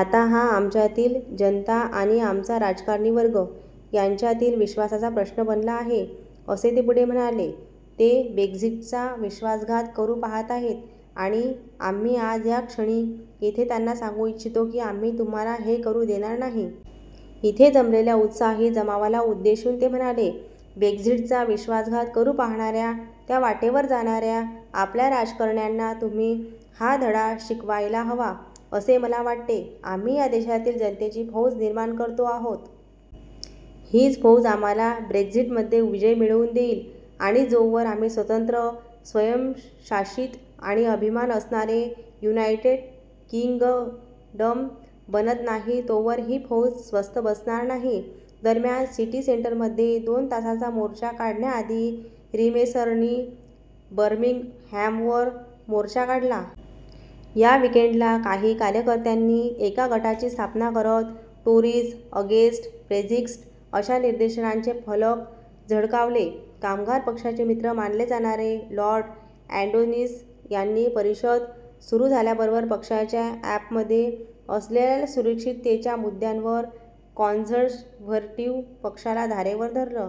आता हा आमच्यातील-जनता आणि आमचा राजकारणी वर्ग यांच्यातील विश्वासाचा प्रश्न बनला आहे, असे ते पुढे म्हणाले. ते ब्रेक्झिटचा विश्वासघात करू पाहताहेत आणि आम्ही आज, या क्षणी, इथे त्यांना सांगू इच्छितो की आम्ही तुम्हाला हे करू देणार नाही. इथे जमलेल्या उत्साही जमावाला उद्देशून ते म्हणाले: "ब्रेक्झिटचा विश्वासघात करू पाहणाऱ्या, त्या वाटेवर जाणाऱ्या आपल्या राजकारण्यांना तुम्ही हा धडा शिकवायला हवा, असे मला वाटते. " "आम्ही या देशातील जनतेची फौज निर्माण करतो आहोत. हीच फौज आम्हाला ब्रेक्झिटमध्ये विजय मिळवून देईल आणि जोवर आम्ही स्वतंत्र, स्वयंशासित आणि अभिमान असणारे युनायटेड किंगडम बनत नाही तोवर ही फौज स्वस्थ बसणार नाही. " दरम्यान, सिटी सेंटरमध्ये दोन तासांचा मोर्चा काढण्याआधी रीमेनर्सनी बर्मिंगहॅमवर मोर्चा काढला. या वीकेंडला काही कार्यकर्त्यांनी एका गटाची स्थापना करत टोरीज अगेंस्ट ब्रेक्झिट अशा निदर्शनांचे फलक झळकावले. कामगार पक्षाचे मित्र मानले जाणारे लॉर्ड अॅडोनिस यांनी परिषद सुरू झाल्याबरोबर पक्षाच्या अॅपमध्ये असलेल्या सुरक्षिततेच्या मुद्द्यांवरून कॉन्झर्व्हेटिव्ह पक्षाला धारेवर धरले.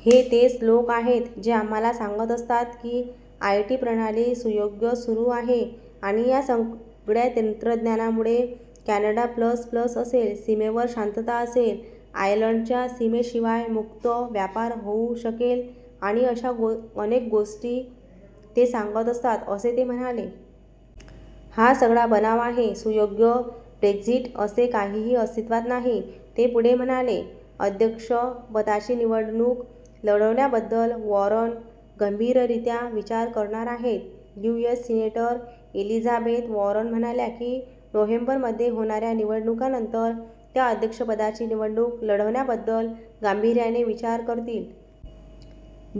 हे तेच लोक आहेत जे आम्हाला सांगत असतात की आयटी प्रणाली सुयोग्य सुरू आहे आणि या सगळ्या तंत्रज्ञानामुळे कॅनडा प्लस प्लस असेल, सीमेवर शांतता असेल, आयर्लंडच्या सीमेशिवाय मुक्त व्यापार होऊ शकेल आणि अशा अनेक गोष्टी ते सांगत असतात," असे ते म्हणाले. हा सगळा बनाव आहे. सुयोग्य ब्रेक्झिट असे काहीही अस्तित्वात नाही, " ते पुढे म्हणाले. अध्यक्षपदाची निवडणूक लढवण्याबद्दल वॉरन गंभीररित्या विचार करणार आहेत. U. S. Senator Elizabeth Warren म्हणाल्या की नोव्हेंबरमध्ये होणाऱ्या निवडणुकांनंतर त्या अध्यक्षपदाची निवडणूक लढवण्याबद्दल गांभिर्याने विचार करतील.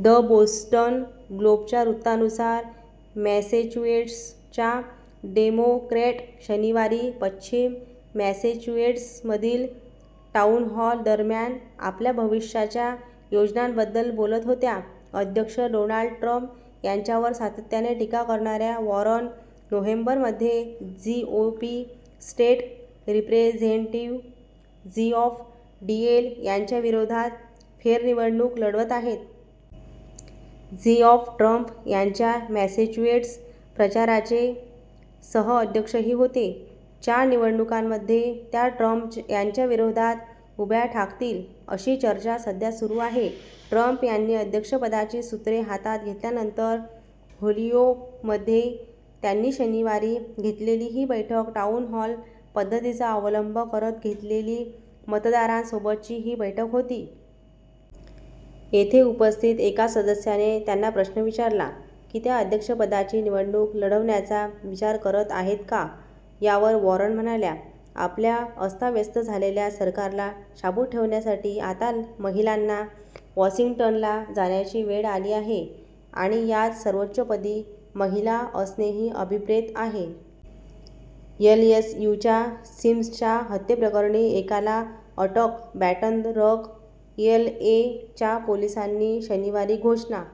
द बोस्टन ग्लोबच्या वृत्तानुसार, मॅसेच्युएट्सच्या डेमोक्रॅट शनिवारी पश्चिम मॅसेच्युएट्समधील टाऊनहॉल दरम्यान आपल्या भविष्याच्या योजनांबद्दल बोलत होत्या. अध्यक्ष डोनाल्ड ट्रम्प यांच्यावर सातत्याने टिका करणाऱ्या वॉरन नोव्हेंबरमध्ये GOP state representative Geoff Diehl यांच्याविरोधात फेरनिवडणूक लढवत आहेत. जीऑफ ट्रम्प यांच्या मॅसेच्युएट्स प्रचाराचे सहअध्यक्षही होते. च्या निवडणुकांमध्ये त्या ट्रम्प यांच्या विरोधात उभ्या ठाकतील, अशी चर्चा सध्या सुरू आहे. ट्रम्प यांनी अध्यक्षपदाची सूत्रे हातात घेतल्यानंतर, होलियोकमध्ये त्यांनी शनिवारी घेतलेली ही बैठक टाऊनहॉल पद्धतीचा अवलंब करत घेतलेली मतदारांसोबतची वी बैठक होती. येथे उपस्थित एका सदस्याने त्यांना प्रश्न विचारला की त्या अध्यक्षपदाची निवडणूक लढवण्याचा विचार करत आहेत का? यावर वॉरन म्हणाल्या, "आपल्या अस्ताव्यस्त झालेल्या सरकारला शाबूत ठेवण्यासाठी आता महिलांना वॉशिग्टंनला जाण्याची वेळ आली आहे आणि यात सर्वोच्च पदी महिला असणेही अभिप्रेत आहे. " एलएसयूच्या सिम्सच्या हत्येप्रकरणी एकाला अटक बॅटन रग, एलए. च्या पोलिसांनी शनिवारी घोषणा